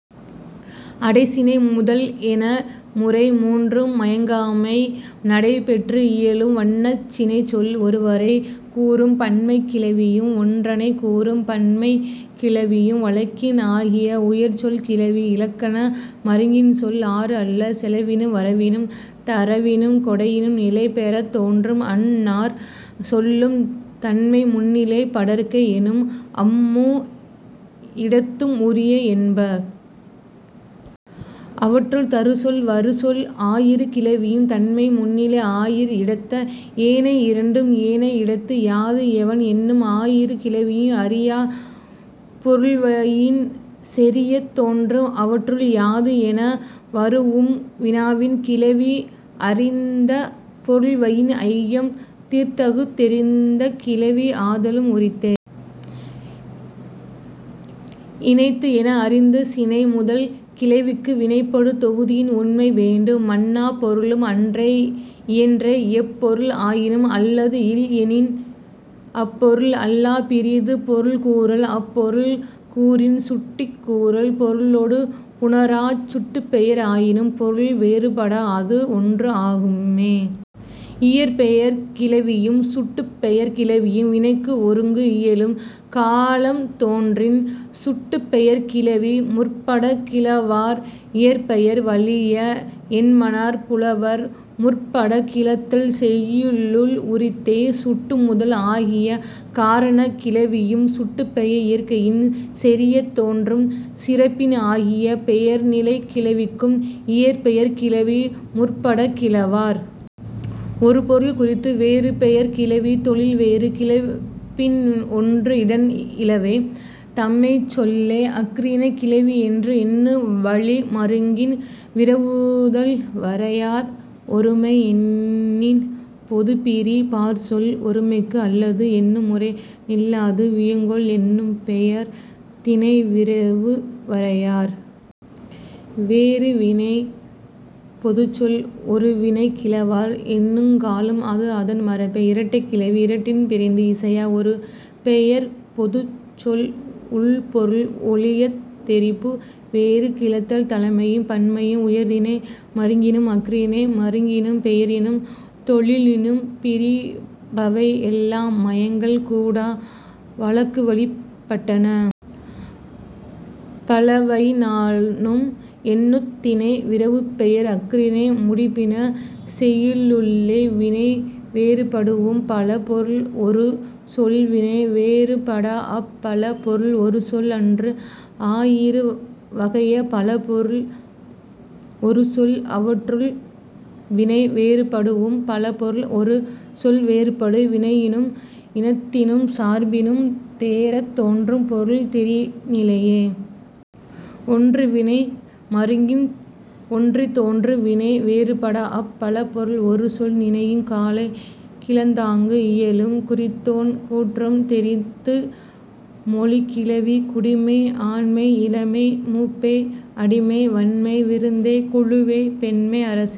அடை சினை முதல் என முறை மூன்றும் மயங்காமை நடை பெற்று இயலும் வண்ணச் சினைச் சொல். ஒருவரைக் கூறும் பன்மைக் கிளவியும் ஒன்றனைக் கூறும் பன்மைக் கிளவியும் வழக்கின் ஆகிய உயர் சொல் கிளவி இலக்கண மருங்கின் சொல் ஆறு அல்ல. செலவினும் வரவினும் தரவினும் கொடையினும் நிலை பெறத் தோன்றும் அந் நாற் சொல்லும் தன்மை முன்னிலை படர்க்கை என்னும் அம் மூ இடத்தும் உரிய என்ப. அவற்றுள், தரு சொல் வரு சொல் ஆயிரு கிளவியும் தன்மை முன்னிலை ஆயீர் இடத்த. ஏனை இரண்டும் ஏனை இடத்த. யாது எவன் என்னும் ஆயிரு கிளவியும் அறியாப் பொருள்வயின் செறியத் தோன்றும். அவற்றுள், யாது என வரூஉம் வினாவின் கிளவி அறிந்த பொருள்வயின் ஐயம் தீர்தற்குத் தெரிந்த கிளவி ஆதலும் உரித்தே. இனைத்து என அறிந்த சினை முதல் கிளவிக்கு வினைப்படு தொகுதியின் உம்மை வேண்டும். மன்னாப் பொருளும் அன்ன இயற்றே. எப் பொருள் ஆயினும் அல்லது இல் எனின் அப் பொருள் அல்லாப் பிறிது பொருள் கூறல். அப் பொருள் கூறின் சுட்டிக் கூறல். பொருளொடு புணராச் சுட்டுப்பெயர் ஆயினும் பொருள் வேறுபடாஅது ஒன்று ஆகும்மே. இயற்பெயர்க் கிளவியும் சுட்டுப்பெயர்க் கிளவியும் வினைக்கு ஒருங்கு இயலும் காலம் தோன்றின் சுட்டுப்பெயர்க் கிளவி முற்படக் கிளவார் இயற்பெயர் வழிய என்மனார் புலவர். முற்படக் கிளத்தல் செய்யுளுள் உரித்தே. சுட்டு முதல் ஆகிய காரணக் கிளவியும் சுட்டுப்பெயர் இயற்கையின் செறியத் தோன்றும். சிறப்பின் ஆகிய பெயர்நிலைக் கிளவிக்கும் இயற்பெயர்க் கிளவி முற்படக் கிளவார். ஒரு பொருள் குறித்த வேறு பெயர்க் கிளவி தொழில் வேறு கிளப்பின் ஒன்று இடன் இலவே. தன்மைச் சொல்லே அஃறிணைக் கிளவி என்று எண்ணு வழி மருங்கின் விரவுதல் வரையார். ஒருமை எண்ணின் பொதுப் பிரி பாற்சொல் ஒருமைக்கு அல்லது எண்ணு முறை நில்லாது. வியங்கோள் எண்ணுப்பெயர் திணை விரவு வரையார். வேறு வினைப் பொதுச் சொல் ஒரு வினை கிளவார். எண்ணுங்காலும் அது அதன் மரபே. இரட்டைக்கிளவி இரட்டின் பிரிந்து இசையா. ஒரு பெயர்ப் பொதுச் சொல் உள் பொருள் ஒழியத் தெரிபு வேறு கிளத்தல் தலைமையும் பன்மையும் உயர்திணை மருங்கினும் அஃறிணை மருங்கினும். பெயரினும் தொழிலினும் பிரிபவை எல்லாம் மயங்கல் கூடா வழக்குவழிப் பட்டன. பலவயினானும் எண்ணுத் திணை விரவுப்பெயர் அஃறிணை முடிபின செய்யுளுள்ளே. வினை வேறுபடூஉம் பல பொருள் ஒரு சொல் வினை வேறுபடாஅப் பல பொருள் ஒரு சொல் என்று ஆயிரு வகைய பல பொருள் ஒரு சொல். அவற்றுள், வினை வேறுபடூஉம் பல பொருள் ஒரு சொல் வேறுபடு வினையினும் இனத்தினும் சார்பினும் தேறத் தோன்றும் பொருள் தெரி நிலையே. ஒன்று வினை மருங்கின் ஒன்றித் தோன்றும். வினை வேறுபடாஅப் பல பொருள் ஒரு சொல் நினையும் காலை கிளந்தாங்கு இயலும். குறித்தோன் கூற்றம் தெரித்து மொழி கிளவி. குடிமை ஆண்மை இளமை மூப்பே அடிமை வன்மை விருந்தே குழுவே பெண்மை அரசே